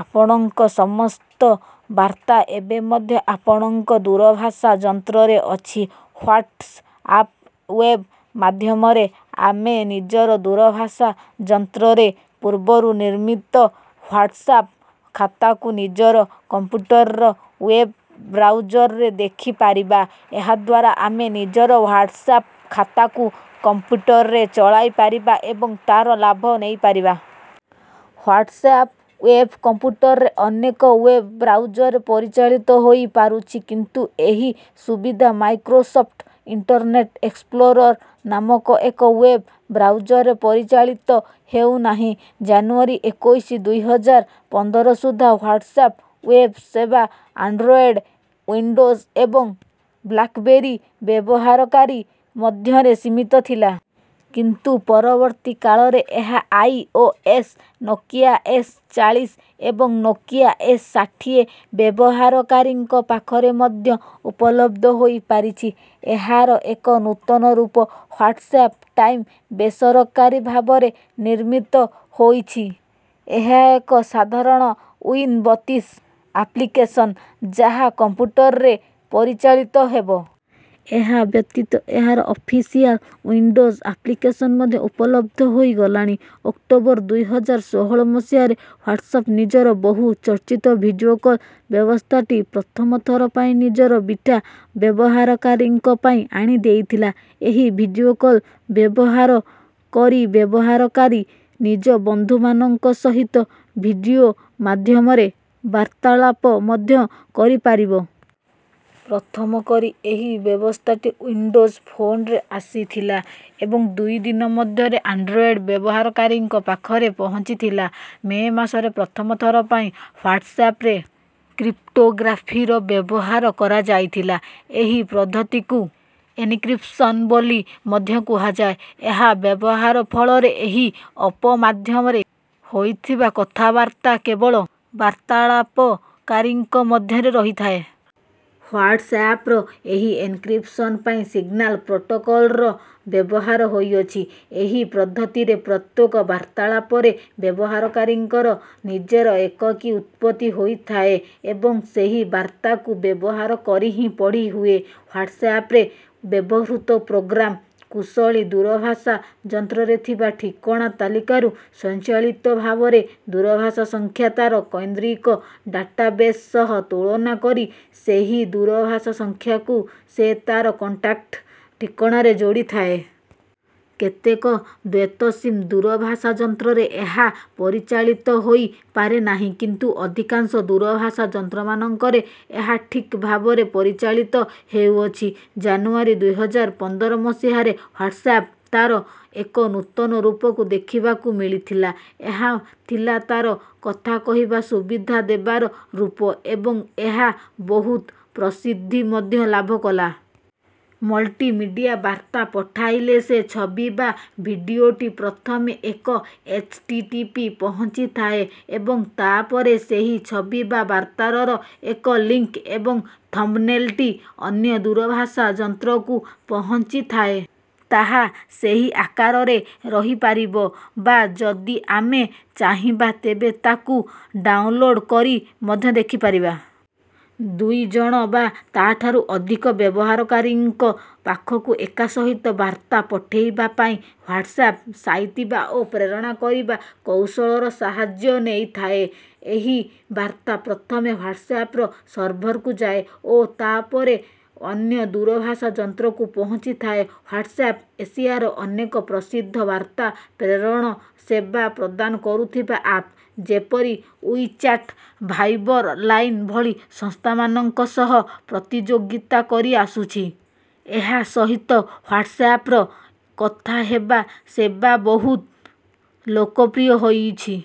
ଆପଣଙ୍କ ସମସ୍ତ ବାର୍ତ୍ତା ଏବେ ମଧ୍ୟ ଆପଣଙ୍କ ଦୂରଭାଷା ଯନ୍ତ୍ରରେ ଅଛି। ହ୍ୱାଟ୍ସଆପ ୱେବ୍ ମାଧ୍ୟମରେ ଆମେ ନିଜର ଦୂରଭାଷା ଯନ୍ତ୍ରରେ ପୂର୍ବରୁ ନିର୍ମିତ ହ୍ୱାଟ୍ସଆପ ଖାତାକୁ ନିଜର କମ୍ପ୍ୟୁଟରର ୱେବ ବ୍ରାଉଜରରେ ଦେଖିପାରିବା। ଏହାଦ୍ୱାରା ଆମେ ନିଜର ହ୍ୱାଟ୍ସଆପ ଖାତାକୁ କମ୍ପ୍ୟୁଟରରେ ଚଳାଇପାରିବା ଏବଂ ତାର ଲାଭ ନେଇପାରିବା। ହ୍ୱାଟ୍ସଆପ ୱେବ୍ କମ୍ପ୍ୟୁଟରରେ ଅନେକ ୱେବ୍ ବ୍ରାଉଜରେ ପରିଚାଳିତ ହୋଇପାରୁଛି କିନ୍ତୁ ଏହି ସୁବିଧା ମାଇକ୍ରୋସଫ୍ଟ୍ ଇଣ୍ଟରନେଟ ଏକ୍ସପ୍ଲୋରର୍ ନାମକ ଏକ ୱେବ୍ ବ୍ରାଉଜରରେ ପରିଚାଳିତ ହେଉନାହିଁ। ଜାନୁଆରୀ ଏକୋଇଶ ଦୁଇ ହଜାର ପନ୍ଦର ସୁଦ୍ଧା ହ୍ୱାଟ୍ସଆପ ୱେବ୍ ସେବା ଆଣ୍ଡ୍ରଏଡ୍ ଓ୍ବିଣ୍ଡୋଜ୍ ଏବଂ ବ୍ଲାକବେରୀ ବ୍ୟବହାରକାରୀ ମଧ୍ୟରେ ସୀମିତ ଥିଲା। କିନ୍ତୁ ପରବର୍ତ୍ତୀ କାଳରେ ଏହା I. O. S Nokia S ଚାଳିଶ ଏବଂ ନୋକିଆ ଏସ୍ ଷାଠିଏ ବ୍ୟବହାରକାରୀଙ୍କ ପାଖରେ ମଧ୍ୟ ଉପଲବ୍ଧ ହୋଇପାରିଛି। ଏହାର ଏକ ନୂତନ ରୂପ ହ୍ୱାଟ୍ସଆପ ଟାଇମ୍ ବେସରକାରୀ ଭାବରେ ନିର୍ମିତ ହୋଇଛି। ଏହା ଏକ ସାଧାରଣ ଓ୍ବିନ୍ ବତିଶ ଆପ୍ଲିକେସନ୍ ଯାହା କମ୍ପ୍ୟୁଟରରେ ପରିଚାଳିତ ହେବ। ଏହା ବ୍ୟତିତ ଏହାର ଅଫିସିଆଲ ଉଇଣ୍ଡୋଜ ଆପ୍ଲିକସନ ମଧ୍ୟ ଉପଲବଦ୍ଧ ହୋଇଗଲାଣି। ଅକ୍ଟୋବର ଦୁଇ ହଜାର ଷୋହଳ ମସିହାରେ ହ୍ୱାଟ୍ସଆପ ନିଜର ବହୁ ଚର୍ଚିତ ଭିଡିଓ କଲ ବ୍ୟବସ୍ଥାଟି ପ୍ରଥମଥର ପାଇଁ ନିଜର ବିଟା ବ୍ୟବହାରକାରୀଙ୍କ ପାଇଁ ଆଣି ଦେଇଥିଲା। ଏହି ଭିଡିଓ କଲ ବ୍ୟବହାର କରି ବ୍ୟବହାରକାରୀ ନିଜ ବନ୍ଧୁ ମାନଙ୍କ ସହିତ ଭିଡିଓ ମାଧ୍ୟମରେ ବାର୍ତ୍ତାଳାପ ମଧ୍ୟ କରିପାରିବ। ପ୍ରଥମ କରି ଏହି ବ୍ୟବସ୍ଥାଟି ଉଇନ୍ ଡୋଜ୍ ଫୋନରେ ଆସିଥିଲା ଏବଂ ଦୁଇ ଦିନ ମଧ୍ୟରେ ଆଣ୍ଡ୍ରୋଏଡ ବ୍ୟବହାରକାରୀଙ୍କ ପାଖରେ ପହଞ୍ଚିଥିଲା। ମେ ମାସରେ ପ୍ରଥମ ଥର ପାଇଁ ହ୍ୱାଟ୍ସଆପରେ କ୍ରିପ୍ଟୋଗ୍ରାଫିର ବ୍ୟବହାର କରାଯାଇଥିଲା। ଏହି ପ୍ରଦ୍ଧତିକୁ ଏନ୍କ୍ରିପସନ୍ ବୋଲି ମଧ୍ୟ କୁହାଯାଏ। ଏହାର ବ୍ୟବହାର ଫଳରେ ଏହି ଅପ ମାଧ୍ୟମରେ ହୋଇଥିବା କଥା ବାର୍ତ୍ତା କେବଳ ବାର୍ତ୍ତାଳାପକାରୀଙ୍କ ମଧ୍ୟରେ ରହିଥାଏ। ହ୍ୱାଟ୍ସଆପର ଏହି ଏନ୍କ୍ରିପସନ୍ ପାଇଁ ସିଗନାଲ ପ୍ରୋଟୋକଲର ବ୍ୟବହାର ହୋଇଅଛି। ଏହି ପଦ୍ଧତିରେ ପ୍ରତ୍ୟେକ ବାର୍ତ୍ତାଳାପରେ ବ୍ୟବହାରକାରୀଙ୍କର ନିଜର ଏକକୀ ଉତ୍ପତ୍ତି ହୋଇଥାଏ। ଏବଂ ସେହି ବାର୍ତ୍ତାକୁ ବ୍ୟବହାରକରି ହିଁ ପଢି ହୁଏ। ହ୍ୱାଟ୍ସଆପରେ ବ୍ୟବହୃତ ପ୍ରୋଗ୍ରାମ କୁଶଳୀ ଦୂରଭାଷା ଯନ୍ତ୍ରରେ ଥିବା ଠିକଣା ତାଲିକାରୁ ସ୍ୱୟଂଚାଳିତ ଭାବରେ ଦୂରଭାଷା ସଂଖ୍ୟା ତାର କୈନ୍ଦ୍ରିକ ଡାଟାବେଶ ସହ ତୁଳନା କରି ସେହି ଦୂରଭାଷା ସଂଖ୍ୟାକୁ ସେ ତାର କଣ୍ଟାକ୍ଟ ଠିକଣାରେ ଯୋଡି ଥାଏ। କେତେକ ଦ୍ୱୈତ ସିମ୍ ଦୂରଭାଷା ଯନ୍ତ୍ରରେ ଏହା ପରିଚାଳିତ ହୋଇ ପାରେନାହିଁ କିନ୍ତୁ ଅଧିକାଂଶ ଦୂରଭାଷା ଯନ୍ତ୍ରମାନଙ୍କରେ ଏହା ଠିକ ଭାବରେ ପରିଚାଳିତ ହେଉଅଛି। ଜାନୁଆରୀ ଦୁଇ ହଜାର ପନ୍ଦର ମସିହାରେ ହ୍ୱାଟ୍ସଆପ ତାର ଏକ ନୂତନ ରୂପକୁ ଦେଖିବାକୁ ମିଳିଥିଲା। ଏହା ଥିଲା ତାର କଥା କହିବା ସୁବିଧା ଦେବାର ରୂପ ଏବଂ ଏହା ବହୁତ ପ୍ରସିଦ୍ଧି ମଧ୍ୟ ଲାଭ କଲା। ମଲ୍ଟି ମିଡିଆ ବାର୍ତ୍ତା ପଠାଇଲେ ସେ ଛବି ବା ଭିଡିଓଟି ପ୍ରଥମେ ଏକ ଏଚଟିଟିପି ପହଞ୍ଚିଥାଏ ଏବଂ ତାପରେ ସେହି ଛବି ବା ବାର୍ତ୍ତାରର ଏକ ଲିଙ୍କ ଏବଂ ଥମ୍ବନେଲଟି ଅନ୍ୟ ଦୂରଭାଷା ଯନ୍ତ୍ରକୁ ପହଞ୍ଚିଥାଏ। ତାହା ସେହି ଆକାରରେ ରହିପାରିବ ବା ଯଦି ଆମେ ଚାହିଁବା ତେବେ ତାକୁ ଡାଉନଲୋଡ କରି ମଧ୍ୟ ଦେଖି ପାରିବା। ଦୁଇ ଜଣ ବା ତା ଠାରୁ ଅଧିକ ବ୍ୟବହାରକାରୀଙ୍କ ପାଖକୁ ଏକାସହିତ ବାର୍ତ୍ତା ପଠେଇବାପାଇଁ ହ୍ୱାଟ୍ସଆପ ସାଇତିବା ଓ ପ୍ରେରଣ କରିବା କୌଶଳର ସାହାଯ୍ୟ ନେଇଥାଏ। ଏହି ବାର୍ତ୍ତା ପ୍ରଥମେ ହ୍ୱାଟ୍ସଆପର ସର୍ଭରକୁ ଯାଏ ଓ ତା ପରେ ଅନ୍ୟ ଦୂରଭାଷା ଯନ୍ତ୍ରକୁ ପହଞ୍ଚିଥାଏ। ହ୍ୱାଟ୍ସଆପ ଏସିଆର ଅନେକ ପ୍ରସିଦ୍ଧ ବାର୍ତ୍ତା ପ୍ରେରଣ ସେବା ପ୍ରଦାନ କରୁଥିବା ଆପ୍ ଯେପରି ଉଇ ଚାଟ୍ ଭାଇବର୍ ଲାଇନ ଭଳି ସଂସ୍ଥାମାନଙ୍କ ସହ ପ୍ରତିଯୋଗିତା କରିଆସୁଛି। ଏହା ସହିତ ହ୍ୱାଟ୍ସଆପର କଥା ହେବା ସେବା ବହୁତ ଲୋକପ୍ରିୟ ହୋଇଛି।